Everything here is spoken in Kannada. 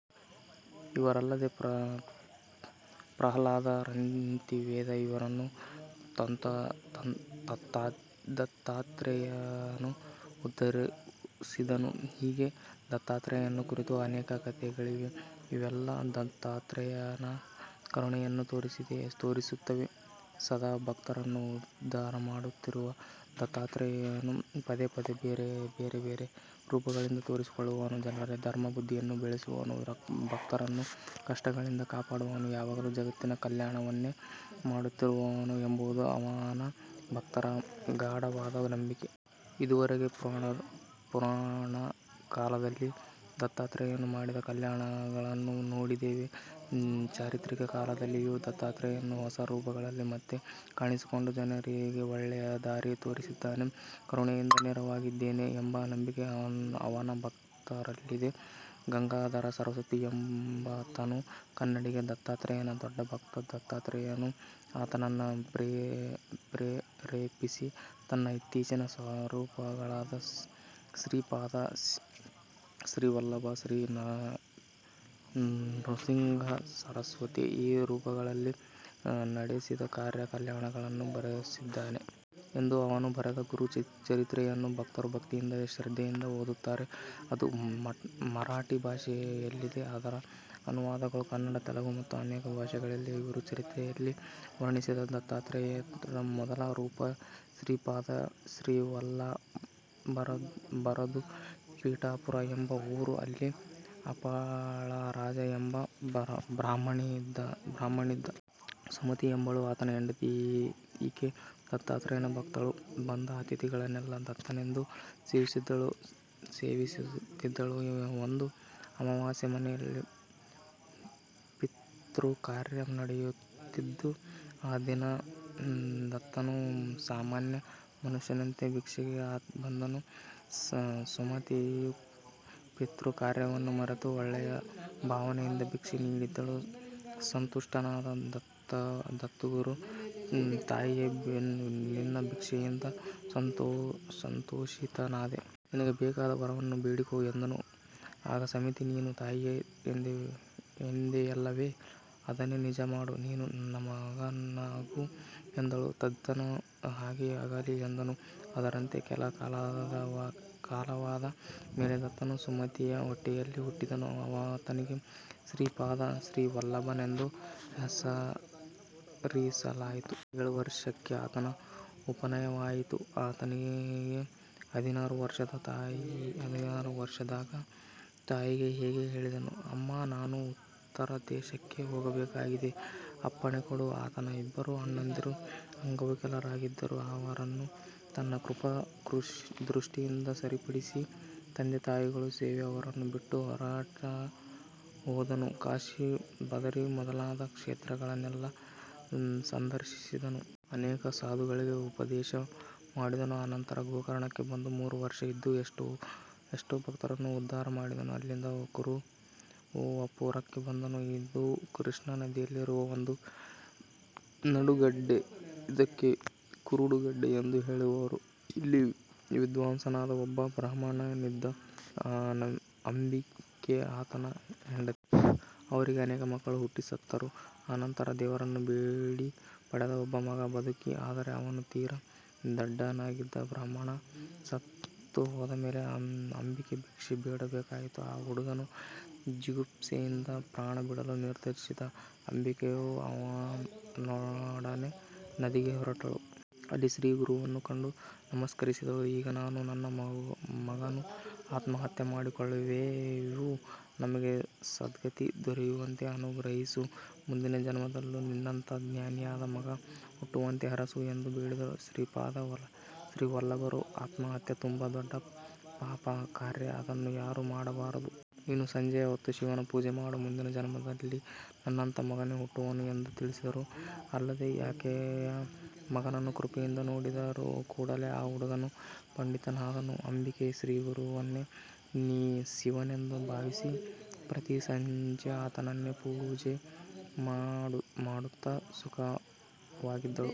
ಇವರಲ್ಲದೆ ಪ್ರಹ್ಲಾದ, ರಂತಿದೇವ ಇವರನ್ನೂ ದತ್ತಾತ್ರೇಯನು ಉದ್ಧರಿಸಿದನು. ಹೀಗೆ ದತ್ತಾತ್ರೇಯನನ್ನು ಕುರಿತು ಅನೇಕ ಕಥೆಗಳಿವೆ. ಇವೆಲ್ಲಾ ದತ್ತಾತ್ರೇಯನ ಕರುಣೆಯನ್ನು ತೋರಿಸುತ್ತವೆ. ಸದಾ ಭಕ್ತರನ್ನು ಉದ್ಧಾರ ಮಾಡುತ್ತಿರುವ ದತ್ತಾತ್ರೇಯನು ಪದೇ ಪದೇ ಬೇರೆಬೇರೆ ರೂಪಗಳಿಂದ ತೋರಿಸಿಕೊಳ್ಳುವನು, ಜನರಲ್ಲಿ ಧರ್ಮ ಬುದ್ಧಿಯನ್ನು ಬೆಳೆಸುವನು, ಭಕ್ತರನ್ನು ಕಷ್ಟಗಳಿಂದ ಕಾಪಾಡುವವನು, ಯಾವಾಗಲೂ ಜಗತ್ತಿನ ಕಲ್ಯಾಣವನ್ನೇ ಮಾಡುತ್ತಿರುವವನು ಎಂಬುದು ಅವನ ಭಕ್ತರ ಗಾಢವಾದ ನಂಬಿಕೆ. ಇದುವರೆಗೆ ಪುರಾಣಕಾಲದಲ್ಲಿ ದತ್ತಾತ್ರೇಯನು ಮಾಡಿದ ಕಲ್ಯಾಣಗಳನ್ನು ನೋಡಿದೆವು. ಚಾರಿತ್ರಿಕ ಕಾಲದಲ್ಲಿಯೂ ದತ್ತಾತ್ರೇಯನು ಹೊಸ ರೂಪಗಳಲ್ಲಿ ಮತ್ತೆ ಕಾಣಿಸಿಕೊಂಡು, ಜನರಿಗೆ ಒಳ್ಳೆಯ ದಾರಿ ತೋರಿಸಿದ್ದಾನೆ, ಕರುಣೆಯಿಂದ ನೆರವಾಗಿದ್ದಾನೆ ಎಂಬ ನಂಬಿಕೆ ಅವನ ಭಕ್ತರಲ್ಲಿದೆ. ಗಂಗಾಧರ ಸರಸ್ವತಿ ಎಂಬಾತನು ಕನ್ನಡಿಗ, ದತ್ತಾತ್ರೇಯನ ದೊಡ್ಡ ಭಕ್ತ. ದತ್ತಾತ್ರೇಯನು ಆತನನ್ನು ಪ್ರೇರೇಪಿಸಿ, ತನ್ನ ಇತ್ತೀಚಿನ ಸ್ವರೂಪಗಳಾದ ಶ್ರೀಪಾದ ಶ್ರೀವಲ್ಲಭ, ಶ್ರೀ ನೃಸಿಂಹಸರಸ್ವತಿ – ಈ ರೂಪಗಳಲ್ಲಿ ನಡೆಸಿದ ಕಾರ್ಯಕಲ್ಯಾಣಗಳನ್ನು ಬರೆಸಿದ್ದಾನೆ. ಎಂದು ಅವನು ಬರೆದ 'ಗುರು ಚರಿತ್ರೆ'ಯನ್ನು ಭಕ್ತರು ಭಕ್ತಿಯಿಂದ, ಶ್ರದ್ಧೆಯಿಂದ ಓದುತ್ತಾರೆ. ಅದು ಮರಾಠಿ ಭಾಷೆಯಲ್ಲಿದೆ. ಅದರ ಅನುವಾದಗಳು ಕನ್ನಡ, ತೆಲುಗು ಮತ್ತು ಅನೇಕ ಭಾಷೆಗಳಲ್ಲಿವೆ. ಗುರುಚರಿತ್ರೆಯಲ್ಲಿ ವರ್ಣಿಸಿದ ದತ್ತಾತ್ರೇಯರ ಮೊದಲ ರೂಪ ಶ್ರೀಪಾದ ಶ್ರೀವಲ್ಲಭರದು. ಪೀಠಾಪುರ ಎಂಬ ಊರು. ಅಲ್ಲಿ ಅಪಳರಾಜ ಎಂಬ ಬ್ರಾಹ್ಮಣನಿದ್ದ. ಸುಮತಿ ಎಂಬುವಳು ಆತನ ಹೆಂಡತಿ. ಈಕೆ ದತ್ತಾತ್ರೇಯನ ಭಕ್ತಳು. ಬಂದ ಅತಿಥಿಗಳನ್ನೆಲ್ಲ ದತ್ತನೆಂದೇ ಸೇವಿಸುತ್ತಿದ್ದಳು. ಒಂದು ಅಮಾವಾಸ್ಯೆ. ಮನೆಯಲ್ಲಿ ಪಿತೃಕಾರ್ಯ ನಡೆಯುವುದಿತ್ತು. ಆ ದಿನ ದತ್ತನು ಸಾಮಾನ್ಯ ಮನುಷ್ಯನಂತೆ ಭಿಕ್ಷೆಗೆ ಬಂದನು. ಸುಮತಿಯು ಪಿತೃಕಾರ್ಯವನ್ನೂ ಮರೆತು, ಒಳ್ಳೆಯ ಭಾವನೆಯಿಂದ ಭಿಕ್ಷೆ ನೀಡಿದಳು. ಸಂತುಷ್ಠನಾದ ದತ್ತುಗುರು, "ತಾಯಿಯೇ, ನಿನ್ನ ಭಿಕ್ಷೆಯಿಂದ ಸಂತೋಷಿತನಾದೆ. ನಿನಗೆ ಬೇಕಾದ ವರವನ್ನು ಬೇಡಿಕೋ" ಎಂದನು. ಆಗ ಸುಮತಿ "ನೀನು ತಾಯಿಯೇ ಎಂದೆಯಲ್ಲವೆ? ಅದನ್ನೇ ನಿಜ ಮಾಡು. ನೀನು ನನ್ನ ಮಗನಾಗು" ಎಂದಳು. ದತ್ತನು ಹಾಗೇ ಆಗಲಿ ಎಂದನು. ಅದರಂತೆ ಕೆಲ ಕಾಲವಾದ ಮೇಲೆ ದತ್ತನು ಸುಮತಿಯ ಹೊಟ್ಟೆಯಲ್ಲಿ ಹುಟ್ಟಿದನು. ಆತನಿಗೆ ಶ್ರೀಪಾದ ಶ್ರೀವಲ್ಲಭನೆಂದು ಹೆಸರಿಸಲಾಯಿತು. ಏಳು ವರ್ಷಕ್ಕೆ ಆತನಿಗೆ ಉಪನಯನವಾಯಿತು. ಆತನಿಗೆ ಹದಿನಾರು ವರ್ಷವಾದಾಗ ತಾಯಿಗೆ ಹೀಗೆ ಹೇಳಿದನು; "ಅಮ್ಮಾ, ನಾನು ಉತ್ತರ ದೇಶಕ್ಕೆ ಹೋಗಬೇಕಾಗಿದೆ. ಅಪ್ಪಣೆ ಕೊಡು. " ಆತನ ಇಬ್ಬರು ಅಣ್ಣಂದಿರು ಅಂಗವಿಕಲರಾಗಿದ್ದರು. ಅವರನ್ನು ತನ್ನ ಕೃಪಾ ದೃಷ್ಟಿಯಿಂದ ಸರಿಪಡಿಸಿ, ತಂದೆತಾಯಿಗಳ ಸೇವೆಗೆ ಅವರನ್ನು ಬಿಟ್ಟು, ಹೊರಟುಹೋದನು. ಕಾಶಿ, ಬದರಿ ಮೊದಲಾದ ಕ್ಷೇತ್ರಗಳನ್ನೆಲ್ಲ ಸಂದರ್ಶಿಸಿದನು. ಅನೇಕ ಸಾಧುಗಳಿಗೆ ಉಪದೇಶ ಮಾಡಿದನು. ಅನಂತರ ಗೋಕರ್ಣಕ್ಕೆ ಬಂದು, ಮೂರು ವರ್ಷ ಇದ್ದು ಎಷ್ಟೋ ಭಕ್ತರನ್ನು ಉದ್ಧಾರ ಮಾಡಿದನು. ಅಲ್ಲಿಂದ ಕುರುವಪುರಕ್ಕೆ ಬಂದನು. ಇದು ಕೃಷ್ಣಾ ನದಿಯಲ್ಲಿರುವ ಒಂದು ನಡುಗಡ್ಡೆ. ಇದಕ್ಕೆ ಕುರುಗಡ್ಡೆ ಎಂದೂ ಹೇಳುವರು. ಇಲ್ಲಿ ವಿದ್ವಾಂಸನಾದ ಒಬ್ಬ ಬ್ರಾಹ್ಮಣನಿದ್ದ. ಅಂಬಿಕೆ ಆತನ ಹೆಂಡತಿ. ಅವರಿಗೆ ಅನೇಕ ಮಕ್ಕಳು ಹುಟ್ಟಿ ಸತ್ತರು. ಅನಂತರ ದೇವರನ್ನು ಬೇಡಿ ಪಡೆದ ಒಬ್ಬ ಮಗ ಬದುಕಿದ. ಆದರೆ ಅವನು ತೀರಾ ದಡ್ಡನಾಗಿದ್ದ.. ಬ್ರಾಹ್ಮಣ ಸತ್ತು ಹೋದ ಮೇಲೆ ಅಂಬಿಕೆ ಭಿಕ್ಷೆ ಬೇಡಬೇಕಾಯಿತು. ಆ ಹುಡುಗನು ಜಿಗುಪ್ಸೆಯಿಂದ ಪ್ರಾಣ ಬಿಡಲು ನಿರ್ಧರಿಸಿದ. ಅಂಬಿಕೆಯೂ ಅವನೊಡನೆ ನದಿಗೆ ಹೊರಟಳು. ಅಲ್ಲಿ ಶ್ರೀ ಗುರುವನ್ನು ಕಂಡು ನಮಸ್ಕರಿಸಿದಳು. "ಈಗ ನಾನೂ ನನ್ನ ಮಗನೂ ಆತ್ಮಹತ್ಯೆ ಮಾಡಿಕೊಳ್ಳುವೆವು. ನಮಗೆ ಸದ್ಗತಿ ದೊರೆಯುವಂತೆ ಅನುಗ್ರಹಿಸು. ಮುಂದಿನ ಜನ್ಮದಲ್ಲಿ ನಿನ್ನಂಥಾ ಜ್ಞಾನಿಯಾದ ಮಗ ಹುಟ್ಟುವಂತೆ ಹರಸು" ಎಂದು ಬೇಡಿದಳು. ಶ್ರೀಪಾದ ಶ್ರೀವಲ್ಲಭರು "ಆತ್ಮಹತ್ಯೆ ತುಂಬಾ ದೊಡ್ಡ ಪಾಪಕಾರ್ಯ. ಅದನ್ನು ಯಾರೂ ಮಾಡಬಾರದು. ನೀನು ಸಂಜೆಯ ಹೊತ್ತು ಶಿವನ ಪೂಜೆ ಮಾಡು. ಮುಂದಿನ ಜನ್ಮದಲ್ಲಿ ನನ್ನಂಥಾ ಮಗನೇ ಹುಟ್ಟುವನು" ಎಂದು ತಿಳಿಸಿದರು. ಅಲ್ಲದೆ ಆಕೆಯ ಮಗನನ್ನು ಕೃಪೆಯಿಂದ ನೋಡಿದರು. ಕೂಡಲೇ ಆ ಹುಡುಗನು ಪಂಡಿತನಾದನು. ಅಂಬಿಕೆ ಶ್ರೀಗುರುವನ್ನೇ ಶಿವನೆಂದು ಭಾವಿಸಿ, ಪ್ರತಿ ಸಂಜೆ ಆತನನ್ನೇ ಪೂಜೆ ಮಾಡುತ್ತ ಸುಖವಾಗಿದ್ದಳು.